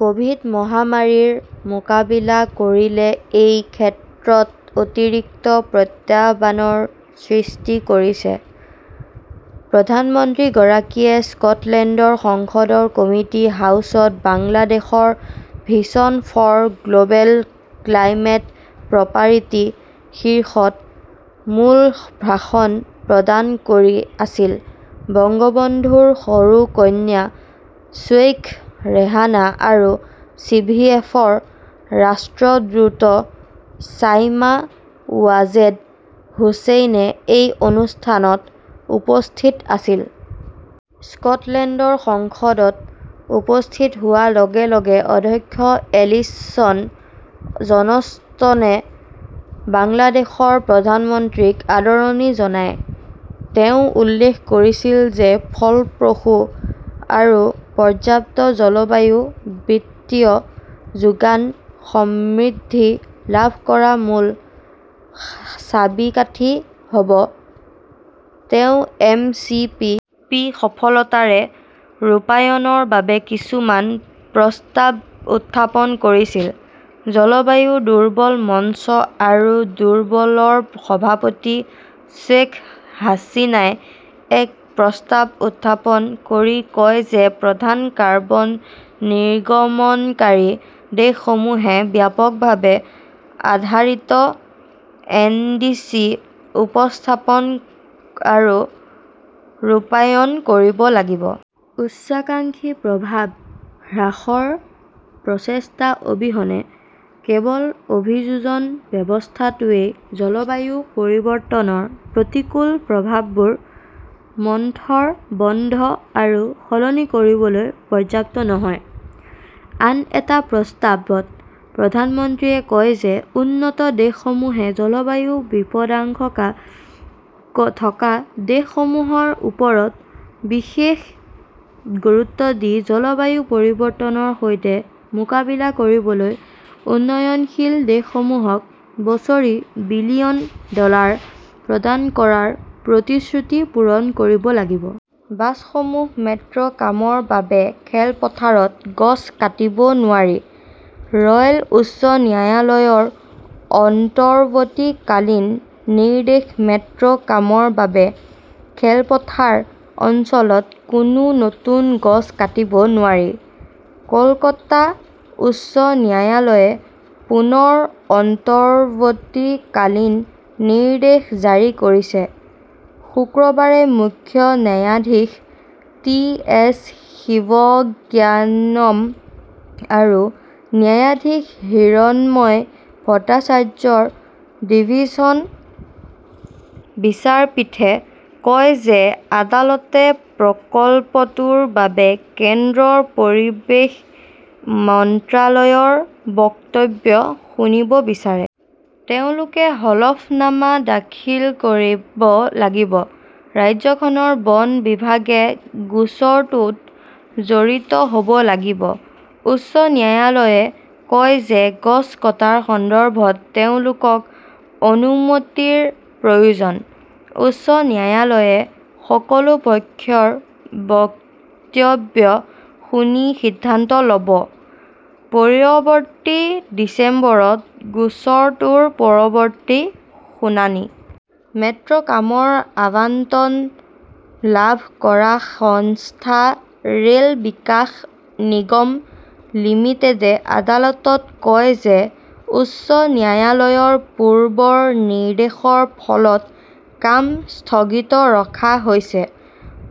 Covid- মহামাৰীৰ মোকাবিলা কৰিলে এই ক্ষেত্ৰত অতিৰিক্ত প্ৰত্যাহ্বানৰ সৃষ্টি কৰিছে। প্ৰধানমন্ত্ৰীগৰাকীয়ে স্কটলেণ্ডৰ সংসদৰ কমিটি হাউচত বাংলাদেশৰ vision for global climate prosperity" শীৰ্ষক মূল ভাষণ প্ৰদান কৰি আছিল। বংগবন্ধুৰ সৰু কন্যা শ্বেইখ ৰেহানা আৰু চিভিএফৰ ৰাষ্ট্ৰদূত চাইমা ৱাজেদ হুচেইনে এই অনুষ্ঠানত উপস্থিত আছিল। স্কটলেণ্ডৰ সংসদত উপস্থিত হোৱাৰ লগে লগে অধ্যক্ষ এলিসন জনষ্টনে বাংলাদেশৰ প্ৰধানমন্ত্ৰীক আদৰণি জনায়। তেওঁ উল্লেখ কৰিছিল যে ফলপ্ৰসূ আৰু পৰ্যাপ্ত জলবায়ু বিত্তীয় যোগান সমৃদ্ধি লাভ কৰাৰ মূল চাবিকাঠি হ'ব। তেওঁ এম. চি. পি. পি. সফলতাৰে ৰূপায়ণৰ বাবে কিছুমান প্ৰস্তাৱ উত্থাপন কৰিছিল। জলবায়ু দুৰ্বল মঞ্চ আৰু দুৰ্বল ৰ সভাপতি শ্বেখ হাছিনাই এক প্ৰস্তাৱ উত্থাপন কৰি কয় যে প্ৰধান কাৰ্বন নিৰ্গমনকাৰী দেশসমূহে ব্যাপকভাৱে আধাৰিত এনডিচি উপস্থাপন আৰু ৰূপায়ণ কৰিব লাগিব। উচ্চাকাংক্ষী প্ৰভাৱ হ্ৰাসৰ প্ৰচেষ্টা অবিহনে, কেৱল অভিযোজন ব্যৱস্থাটোৱেই জলবায়ু পৰিৱৰ্তনৰ প্ৰতিকূল প্ৰভাৱবোৰ মন্থৰ, বন্ধ আৰু সলনি কৰিবলৈ পৰ্যাপ্ত নহয়। আন এটা প্ৰস্তাৱত প্ৰধানমন্ত্ৰীয়ে কয় যে উন্নত দেশসমূহে জলবায়ু বিপদাশংকা থকা দেশসমূহৰ ওপৰত বিশেষ গুৰুত্ব দি জলবায়ু পৰিৱৰ্তনৰ সৈতে মোকাবিলা কৰিবলৈ উন্নয়নশীল দেশসমূহক বছৰি বিলিয়ন ডলাৰ প্ৰদান কৰাৰ প্ৰতিশ্ৰুতি পূৰণ কৰিব লাগিব। বাছসমূহ মেট্ৰ 'কামৰ বাবে খেলপথাৰত গছ কাটিব নোৱাৰি, ৰয়েল উচ্চ ন্যায়ালয়ৰ অন্তৱৰ্তীকালীন নিৰ্দেশ মেট্ৰ 'কামৰ বাবে খেলপথাৰ অঞ্চলত কোনো নতুন গছ কাটিব নোৱাৰি। কলকাতা উচ্চ ন্যায়ালয়ে পুনৰ অন্তৱৰ্তীকালীন নিৰ্দেশ জাৰি কৰিছে। শুকুৰবাৰে মুখ্য ন্যায়াধীশ টি এছ শিৱজ্ঞানম আৰু ন্যায়াধীশ হিৰণময় ভট্টাচাৰ্যৰ ডিভিছন বিচাৰপীঠে কয় যে আদালতে প্ৰকল্পটোৰ বাবে কেন্দ্ৰৰ পৰিৱেশ মন্ত্ৰালয়ৰ বক্তব্য শুনিব বিচাৰে। তেওঁলোকে হলফনামা দাখিল কৰিব লাগিব। ৰাজ্যখনৰ বন বিভাগে গোচৰটোত জড়িত হ'ব লাগিব। উচ্চ ন্যায়ালয়ে কয় যে গছ কটাৰ সন্দৰ্ভত তেওঁলোকক অনুমতিৰ প্ৰয়োজন। উচ্চ ন্যায়ালয়ে সকলো পক্ষৰ বক্তব্য শুনি সিদ্ধান্ত ল'ব। পৰৱৰ্তী ডিচেম্বৰত গোচৰটোৰ পৰৱৰ্তী শুনানি। মেট্ৰ 'কামৰ আবণ্টন লাভ কৰা সংস্থা ৰে' ল বিকাশ নিগম লিমিটেডে আদালতত কয় যে উচ্চ ন্যায়ালয়ৰ পূৰ্বৰ নিৰ্দেশৰ ফলত কাম স্থগিত ৰখা হৈছে।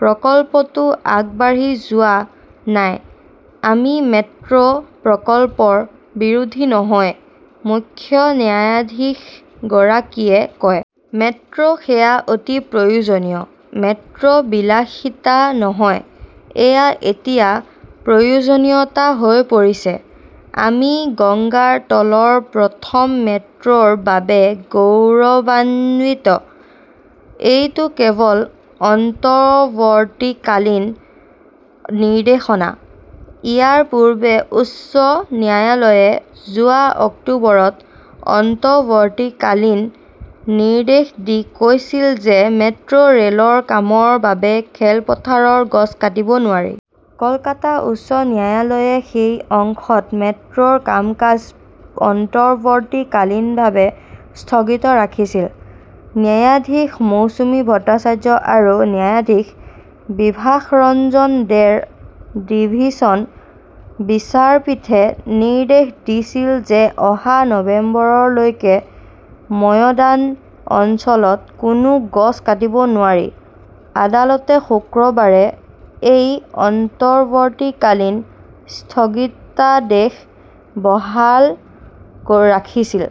প্ৰকল্পটো আগবাঢ়ি যোৱা নাই। "আমি মেট্ৰ" প্ৰকল্পৰ বিৰোধী নহয় ", মুখ্য ন্যায়াধীশগৰাকীয়ে কয়। মেট্ৰ 'সেৱা অতি প্ৰয়োজনীয়। মেট্ৰ 'বিলাসিতা নহয়, এয়া এতিয়া প্ৰয়োজনীয়তা হৈ পৰিছে। আমি গংগাৰ তলৰ প্ৰথম মেট্ৰ "ৰ বাবে গৌৰৱান্বিত। এইটো কেৱল অন্তৱৰ্তীকালীন নিৰ্দেশনা। "ইয়াৰ পূৰ্বে উচ্চ ন্যায়ালয়ে যোৱা অক্টোবৰত অন্তৱৰ্তীকালীন নিৰ্দেশ দি কৈছিল যে মেট্ৰ' ৰে'লৰ কামৰ বাবে খেলপথাৰৰ গছ কাটিব নোৱাৰি। কলকাতা উচ্চ ন্যায়ালয়ে সেই অংশত মেট্ৰ'ৰ কাম-কাজ অন্তৱৰ্তীকালীনভাৱে স্থগিত ৰাখিছিল। ন্যায়াধীশ মৌসুমী ভট্টাচাৰ্য আৰু ন্যায়াধীশ বিভাসৰঞ্জন দেৰ ডিভিছন বিচাৰপীঠে নিৰ্দেশ দিছিল যে অহা নৱেম্বৰলৈকে ময়দান অঞ্চলত কোনো গছ কাটিব নোৱাৰি। আদালতে শুকুৰবাৰে এই অন্তৱৰ্তীকালীন স্থগিতাদেশ বহাল ৰাখিছিল।